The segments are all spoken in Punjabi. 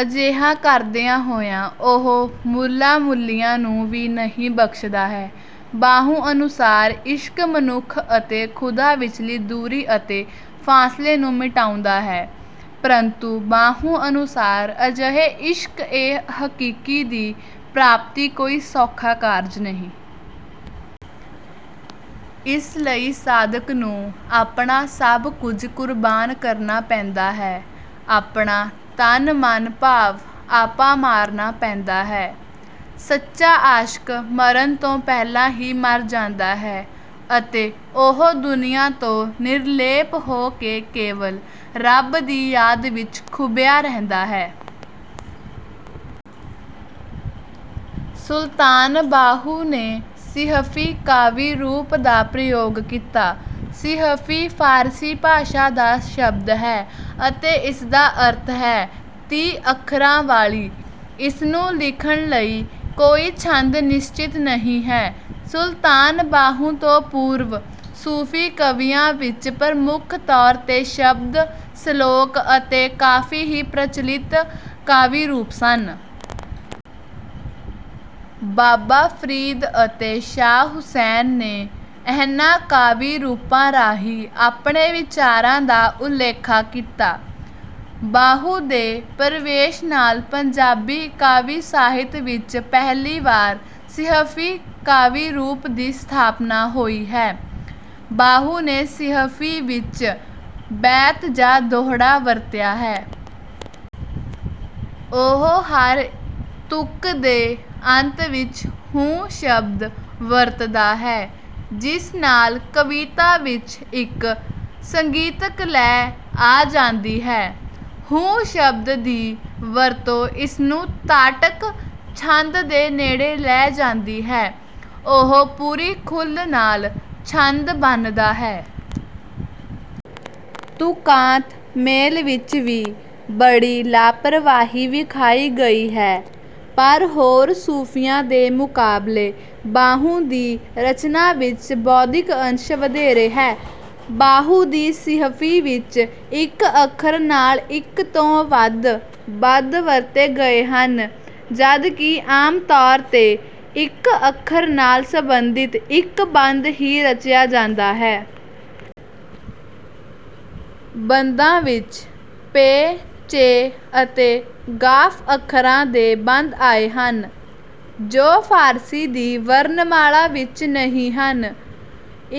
ਅਜਿਹਾ ਕਰਦਿਆਂ ਹੋਇਆ ਉਹ ਮੁੱਲਾ ਮੁਲਇਆ ਨੂੰ ਵੀ ਨਹੀਂ ਬਖਸ਼ਦਾ ਹੈ। ਬਾਹੂ ਅਨੁਸਾਰ ਇਸ਼ਕ ਮਨੁੱਖ ਅਤੇ ਖੁਦਾ ਵਿਚਲੀ ਦੂਰੀ ਅਤੇ ਫਾਸਲੇ ਨੂੰ ਮਿਟਾਉਂਦਾ ਹੈ। ਪਰੰਤੂ ਬਾਹੂ ਅਨੁਸਾਰ ਅਜਿਹੇ ਇਸ਼ਕ-ਏ-ਹਕੀਕੀ ਦੀ ਪ੍ਰਾਪਤੀ ਕੋਈ ਸੌਖਾ ਕਾਰਜ ਨਹੀਂ। ਇਸ ਲਈ ਸਾਧਕ ਨੂੰ ਆਪਣਾ ਸਭ ਕੁਝ ਕੁਰਬਾਨ ਕਰਨਾ ਪੈਂਦਾ ਹੈ, ਆਪਣਾ ਤਨ-ਮਨ ਭਾਵ ਆਪਾ ਮਾਰਨਾ ਪੈਂਦਾ ਹੈ। ਸੱਚਾ ਆਸ਼ਕ ਮਰਨ ਤੋਂ ਪਹਿਲਾਂ ਹੀ ਮਰ ਜਾਂਦਾ ਹੈ ਅਤੇ ਉਹ ਦੁਨੀਆ ਤੋਂ ਨਿਰਲੇਪ ਹੋ ਕੇ ਕੇਵਲ ਰੱਬ ਦੀ ਯਾਦ ਵਿੱਚ ਖੁੱਭਿਆ ਰਹਿੰਦਾ ਹੈ। ਸੁਲਤਾਨ ਬਾਹੂ ਨੇ 'ਸੀਹਰਫ਼ੀ' ਕਾਵਿ-ਰੂਪ ਦਾ ਪ੍ਰਯੋਗ ਕੀਤਾ। 'ਸੀਹਰਫ਼ੀ' ਫ਼ਾਰਸੀ ਭਾਸ਼ਾ ਦਾ ਸ਼ਬਦ ਹੈ ਅਤੇ ਇਸਦਾ ਅਰਥ ਹੈ 'ਤੀਹ ਅੱਖਰਾਂ ਵਾਲੀ'। ਇਸਨੂੰ ਲਿਖਣ ਲਈ ਕੋਈ ਛੰਦ ਨਿਸ਼ਚਿਤ ਨਹੀਂ ਹੈ। ਸੁਲਤਾਨ ਬਾਹੂ ਤੋਂ ਪੂਰਵ ਸੂਫੀ ਕਵੀਆਂ ਵਿੱਚ ਪ੍ਰਮੁੱਖ ਤੌਰ 'ਤੇ ਸ਼ਬਦ, ਸ਼ਲੋਕ ਅਤੇ ਕਾਫ਼ੀ ਹੀ ਪ੍ਰਚਲਿਤ ਕਾਵਿ-ਰੂਪ ਸਨ। ਬਾਬਾ ਫ਼ਰੀਦ ਅਤੇ ਸ਼ਾਹ ਹੁਸੈਨ ਨੇ ਇਨ੍ਹਾਂ ਕਾਵਿ ਰੂਪਾਂ ਰਾਹੀਂ ਆਪਣੇ ਵਿਚਾਰਾਂ ਦਾ ਉਲੇਖਾ ਕੀਤਾ। ਬਾਹੂ ਦੇ ਪ੍ਰਵੇਸ਼ ਨਾਲ ਪੰਜਾਬੀ ਕਾਵਿ ਸਾਹਿਤ ਵਿੱਚ ਪਹਿਲੀ ਵਾਰ 'ਸੀਹਰਫ਼ੀ' ਕਾਵਿ ਰੂਪ ਦੀ ਸਥਾਪਨਾ ਹੋਈ ਹੈ। ਬਾਹੂ ਨੇ 'ਸੀਹਰਫ਼ੀ' ਵਿੱਚ ਬੈਂਤ ਜਾਂ ਦੋਹੜਾ ਵਰਤਿਆ ਹੈ। ਉਹ ਹਰ ਤੁਕ ਦੇ ਅੰਤ ਵਿੱਚ 'ਹੂ' ਸ਼ਬਦ ਵਰਤਦਾ ਹੈ, ਜਿਸ ਨਾਲ ਕਵਿਤਾ ਵਿੱਚ ਇੱਕ ਸੰਗੀਤਕ ਲੈ ਆ ਜਾਂਦੀ ਹੈ। 'ਹੂ' ਸ਼ਬਦ ਦੀ ਵਰਤੋਂ ਇਸਨੂੰ 'ਤਾਟਕ' ਛੰਦ ਦੇ ਨੇੜੇ ਲੈ ਜਾਂਦੀ ਹੈ। ਉਹ ਪੂਰੀ ਖੁੱਲ੍ਹ ਨਾਲ ਛੰਦ ਬੰਨ੍ਹਦਾ ਹੈ। ਤੁਕਾਂਤ ਮੇਲ ਵਿੱਚ ਵੀ ਬੜੀ ਲਾਪਰਵਾਹੀ ਵਿਖਾਈ ਗਈ ਹੈ। ਪਰ ਹੋਰ ਸੂਫ਼ੀਆਂ ਦੇ ਮੁਕਾਬਲੇ ਬਾਹੂ ਦੀ ਰਚਨਾ ਵਿੱਚ ਬੌਧਿਕ ਅੰਸ਼ ਵਧੇਰੇ ਹੈ। ਬਾਹੂ ਦੀ 'ਸੀਹਰਫ਼ੀ' ਵਿੱਚ ਇੱਕ ਅੱਖਰ ਨਾਲ ਇੱਕ ਤੋਂ ਵੱਧ ਬੰਦ ਵਰਤੇ ਗਏ ਹਨ, ਜਦ ਕਿ ਆਮ ਤੌਰ 'ਤੇ ਇੱਕ ਅੱਖਰ ਨਾਲ ਸੰਬੰਧਿਤ ਇੱਕ ਬੰਦ ਹੀ ਰਚਿਆ ਜਾਂਦਾ ਹੈ। ਬੰਦਾਂ ਵਿੱਚ 'ਪੇ', 'ਚੇ' ਅਤੇ 'ਗ਼ਾਫ਼' ਅੱਖਰਾਂ ਦੇ ਬੰਦ ਆਏ ਹਨ, ਜੋ ਫ਼ਾਰਸੀ ਦੀ ਵਰਣਮਾਲਾ ਵਿੱਚ ਨਹੀਂ ਹਨ।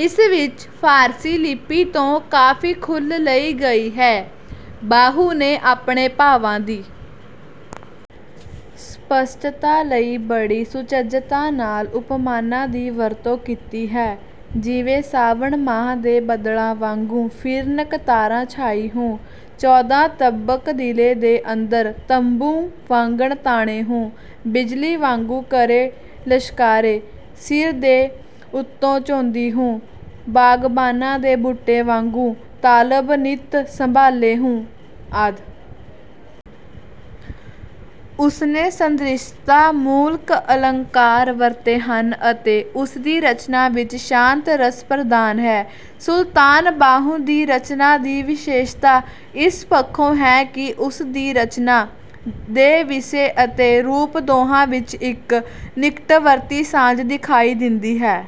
ਇਸ ਵਿੱਚ ਫ਼ਾਰਸੀ ਲਿਪੀ ਤੋਂ ਕਾਫ਼ੀ ਖੁੱਲ੍ਹ ਲਈ ਗਈ ਹੈ। ਬਾਹੂ ਨੇ ਆਪਣੇ ਭਾਵਾਂ ਦੀ ਸਪਸ਼ਟਤਾ ਲਈ ਬੜੀ ਸੁਚੱਜਤਾ ਨਾਲ ਉਪਮਾਨਾਂ ਦੀ ਵਰਤੋਂ ਕੀਤੀ ਹੈ, ਜਿਵੇਂ 'ਸਾਵਣ ਮਾਹ ਦੇ ਬਦਲਾਂ ਵਾਂਗੂ, ਫਿਰਨ ਕਤਾਰਾਂ ਛਾਈ ਹੂ', 'ਚੌਦਾਂ ਤਬਕ ਦਿਲੇ ਦੇ ਅੰਦਰ, ਤੰਬੂ ਵਾਂਗਣ ਤਾਣੇ ਹੂ', 'ਬਿਜਲੀ ਵਾਂਗੂ ਕਰੇ ਲਸ਼ਕਾਰੇ, ਸਿਰ ਦੇ ਉੱਤੋਂ ਝੋਂਦੀ ਹੂ', 'ਬਾਗਬਾਨਾਂ ਦੇ ਬੂਟੇ ਵਾਂਗੂ, ਤਾਲਬ ਨਿਤ ਸੰਭਾਲੇ ਹੂ' ਆਦਿ। ਉਸਨੇ ਸਦ੍ਰਿਸ਼ਤਾ-ਮੂਲਕ ਅਲੰਕਾਰ ਵਰਤੇ ਹਨ ਅਤੇ ਉਸਦੀ ਰਚਨਾ ਵਿੱਚ ਸ਼ਾਂਤ ਰਸ ਪ੍ਰਧਾਨ ਹੈ। ਸੁਲਤਾਨ ਬਾਹੂ ਦੀ ਰਚਨਾ ਦੀ ਵਿਸ਼ੇਸ਼ਤਾ ਇਸ ਪੱਖੋਂ ਹੈ ਕਿ ਉਸ ਦੀ ਰਚਨਾ ਦੇ ਵਿਸ਼ੇ ਅਤੇ ਰੂਪ ਦੋਹਾਂ ਵਿੱਚ ਇੱਕ ਨਿਕਟਵਰਤੀ ਸਾਂਝ ਦਿਖਾਈ ਦਿੰਦੀ ਹੈ।